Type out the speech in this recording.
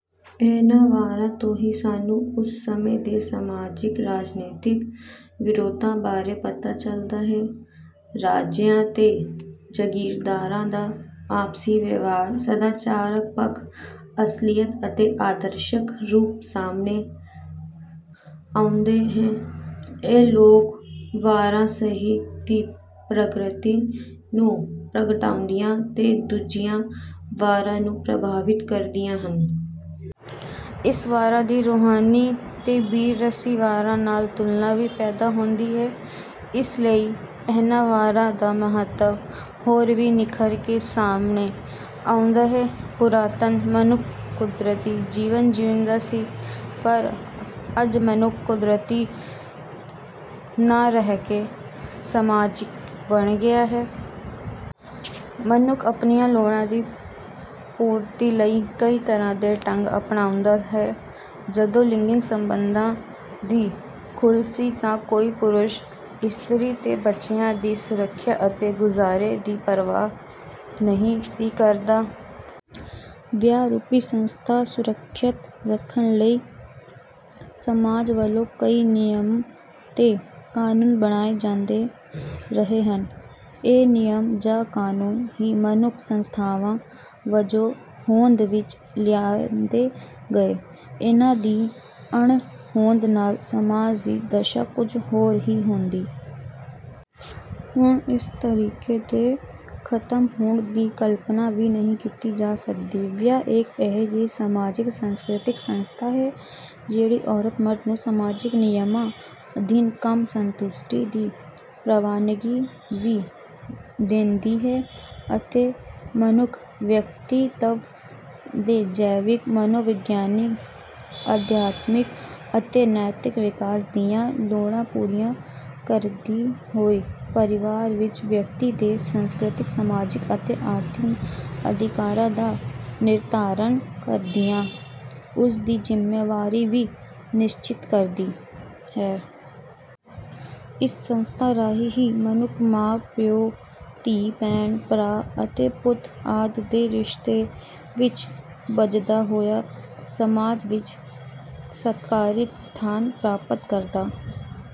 ਇਹਨਾਂ ਵਾਰਾ ਤੋਂ ਹੀ ਸਾਨੂੰ ਉਸ ਸਮੇਂ ਦੇ ਸਮਾਜਿਕ, ਰਾਜਨੀਤਿਕ ਵਿਰੋਧਾ ਬਾਰੇ ਪਤਾ ਚੱਲਦਾ ਹੈ। ਰਾਜਿਆਂ ਤੇ ਜਗੀਰਦਾਰਾ ਦਾ ਆਪਸੀ ਵਿਵਹਾਰ, ਸਦਾਚਾਰਕ ਪੱਖ, ਅਸਲੀਅਤ ਅਤੇ ਆਦਰਸ਼ਕ ਰੂਪ ਸਾਮਹਣੇ ਆਉਂਦਾ ਹੈ। ਇਹ ਲੋਕ ਵਾਰਾ ਸਾਹਿਤ ਦੀ ਪ੍ਰਕਿਰਤੀ ਨੂੰ ਪ੍ਰਗਟਾਉਦੀਆਂ ਤੇ ਦੂਜੀਆਂ ਵਾਰਾਂ ਨੂੰ ਪ੍ਰਭਾਵਿਤ ਕਰਦੀਆਂ ਹਨ। ਇਸ ਵਾਰਾ ਦੀ ਰੂਹਾਨੀ ਤੇ ਬੀਰ ਰਸੀ ਵਾਰਾ ਨਾਲ ਤੁਲਨਾ ਵੀ ਪੈਦਾ ਹੰਦੀ ਹੈ। ਇਸ ਲਈ ਇਹਨਾਂ ਵਾਰਾਂ ਦਾ ਮਹੱਤਵ ਹੋਰ ਵੀ ਨਿਖਰਕੇ ਸਾਮਹਣੇ ਆਉਂਦਾ ਹੈ। ਪੁਰਾਤਨ ਮਨੁੱਖ ਕੁਦਰਤੀ ਜੀਵਨ ਜਿਉਂਦਾ ਸੀ ਪਰ, ਅੱਜ ਮਨੁੱਖ ਕੁਦਰਤੀ ਨਾ ਰਹਿ ਕੇ ਸਮਾਜਿਕ ਬਣ ਗਿਆ ਹੈ। ਮਨੁੱਖ ਆਪਣੀਆਂ ਲੋੜਾਂ ਦੀ ਪੂਰਤੀ ਲਈ ਕਈ ਤਰ੍ਹਾਂ ਦੇ ਢੰਗ ਅਪਣਾਉਂਦਾ ਹੈ। ਜਦੋਂ ਲਿੰਗਕ ਸੰਬੰਧਾਂ ਦੀ ਖੁੱਲ ਸੀ ਤਾਂ ਕੋਈ ਪੁਰਸ਼, ਇਸਤਰੀ ਤੇ ਬੱਚਿਆਂ ਦੀ ਸੁਰੱਖਿਆ ਅਤੇ ਗੁਜ਼ਾਰੇ ਦੀ ਪਰਵਾਹ ਨਹੀਂ ਸੀ ਕਰਦਾ। ਵਿਆਹ ਰੂਪੀ ਸੰਸਥਾ ਸਰੁੱਖਿਅਤ ਰੱਖਣ ਲਈ ਸਮਾਜ ਵੱਲੋਂ ਕਈ ਨਿਯਮ ਤੇ ਕਾਨੂੰਨ ਬਣਾਏ ਜਾਂਦੇ ਰਹੇ ਹਨ। ਇਹ ਨਿਯਮ ਜਾਂ ਕਾਨੂੰਨ ਹੀ ਮਨੁੱਖ ਸੰਸਥਾਵਾਂ ਵਜੋਂ ਹੋਂਦ ਵਿੱਚ ਲਿਆਂਦੇ ਗਏ। ਇਨ੍ਹਾਂ ਦੀ ਅਣਹੋਂਦ ਨਾਲ ਸਮਾਜ ਦੀ ਦਸ਼ਾ ਕੁਝ ਹੋਰ ਹੀ ਹੁੰਦੀ। ਹੁਣ ਇਸ ਤਰੀਕੇ ਦੇ ਖ਼ਤਮ ਹੋਣ ਦੀ ਕਲਪਨਾ ਵੀ ਨਹੀਂ ਕੀਤੀ ਜਾ ਸਕਦੀ। ਵਿਆਹ ਇੱਕ ਅਜਿਹੀ ਸਮਾਜਿਕ, ਸੰਸਕ੍ਰਿਤਕ ਸੰਸਥਾ ਹੈ ਜਿਹੜੀ ਔਰਤ-ਮਰਦ ਨੂੰ ਸਮਾਜਿਕ ਨਿਯਮਾਂ ਅਧੀਨ ਕੰਮ ਸੰਤੁਸ਼ਟੀ ਦੀ ਪ੍ਰਵਾਨਗੀ ਵੀ ਦਿੰਦੀ ਹੈ ਅਤੇ ਮਨੁੱਖ ਵਿਅਕਤੀਤਵ ਦੇ ਜੈਵਿਕ, ਮਨੋਵਿਗਿਆਨਿਕ, ਅਧਿਆਤਮਿਕ ਅਤੇ ਨੈਤਿਕ ਵਿਕਾਸ ਦੀਆਂ ਲੋੜਾਂ ਪੂਰੀਆਂ ਕਰਦੀ ਹੋਈ ਪਰਿਵਾਰ ਵਿੱਚ ਵਿਅਕਤੀ ਦੇ ਸੰਸਕ੍ਰਿਤਿਕ, ਸਮਾਜਿਕ ਅਤੇ ਆਰਥਿਕ ਅਧਿਕਾਰਾਂ ਦਾ ਨਿਰਧਾਰਨ ਕਰਦਿਆਂ ਉਸ ਦੀ ਜ਼ਿੰਮੇਵਾਰੀ ਵੀ ਨਿਸ਼ਚਿਤ ਕਰਦੀ ਹੈ। ਇਸ ਸੰਸਥਾਂ ਰਾਹੀਂ ਹੀ ਮਨੁੱਖ ਮਾਂ, ਪਿਉ, ਧੀ, ਭੈਣ, ਭਰਾ ਅਤੇ ਪੁੱਤ ਆਦਿ ਦੇ ਰਿਸ਼ਤੇ ਵਿੱਚ ਬੱਝਦਾ ਹੋਇਆ ਸਮਾਜ ਵਿੱਚ ਸਤਿਕਾਰਿਤ ਸਥਾਨ ਪ੍ਰਾਪਤ ਕਰਦਾ